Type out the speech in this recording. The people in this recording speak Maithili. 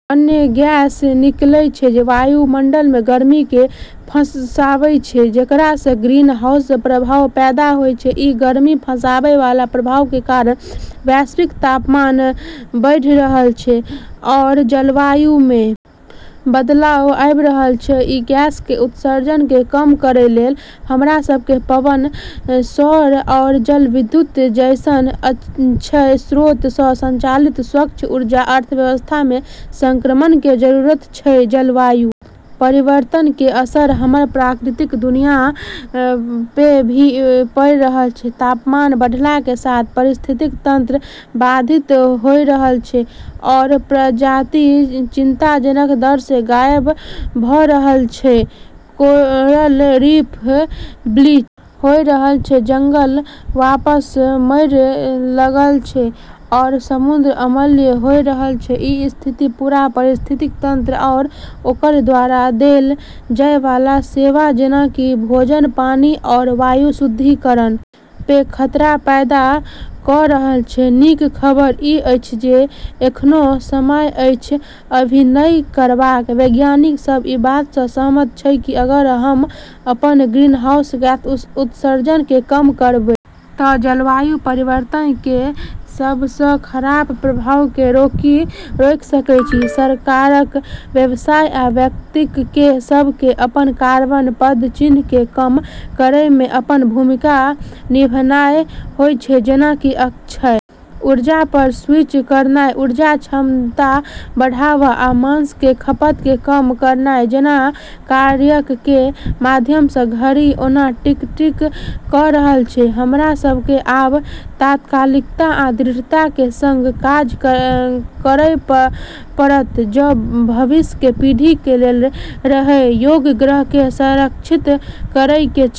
अन्य गैस निकलै छै जे वायुमंडल मे गर्मी के फंसै छै जेकरा से ग्रीनहाउस प्रभाव पैदा होय छै, ई गर्मी फँसाबै वाला प्रभाव के कारण वैश्विक तापमान बढ़ी रहलऽ छै आरू जलवायु मे बदलाव आबी रहलऽ छै, ई गैसऽ के उत्सर्जन के कम करै लेली हमरा सब के पवन, सौर आरू जलविद्युत जैसनऽ अक्षय स्रोतऽ स संचालित स्वच्छ ऊर्जा अर्थव्यवस्था मे संक्रमण के जरूरत छै, जलवायु परिवर्तन केरऽ असर हमरऽ प्राकृतिक दुनिया पे भी पड़े लगलऽ छै, तापमान बढ़ला के साथ पारिस्थितिकी तंत्र बाधित होय रहलऽ छै आरू प्रजाति चिंताजनक दर से गायब होय रहलऽ छै, कोरल रीफ ब्लीच होय रहलऽ छै, जंगल वापस मरै लगलऽ छै आरू समुद्र अम्लीय होय रहलऽ छै, ई स्थिति पूरा पारिस्थितिकी तंत्र आरू ओकरऽ द्वारा देलऽ जाय वाला सेवा जेना कि भोजन, पानी आरू वायु शुद्धिकरण पे खतरा पैदा करी रहलऽ छै, नीक खबर ई अछि जे एखनो समय अछि अभिनय करबाक, वैज्ञानिक सब ई बात से सहमत छै कि अगर हम्मं अपनऽ ग्रीनहाउस गैस उत्सर्जन के कम करबै त जलवायु परिवर्तन केरऽ सबसें खराब प्रभाव के रोकी सकै छियै, सरकारक, व्यवसायक आ व्यक्तिक कें सब कें अपन कार्बन पदचिह्न कें कम करय मे अपन भूमिका निभानाय होयत छै जेना कि अक्षय ऊर्जा पर स्विच करनाय, ऊर्जा दक्षता बढ़ावा, आ मांस कें खपत कें कम करनाय जैना कार्यक कें माध्यम सं, घड़ी ओना टिक-टिक क रहल अछि, हमरा सब के आब तात्कालिकता आ दृढ़ता के संग काज करय पड़त जं भविष्य के पीढ़ी के लेल रहय योग्य ग्रह के संरक्षित करय के अछि।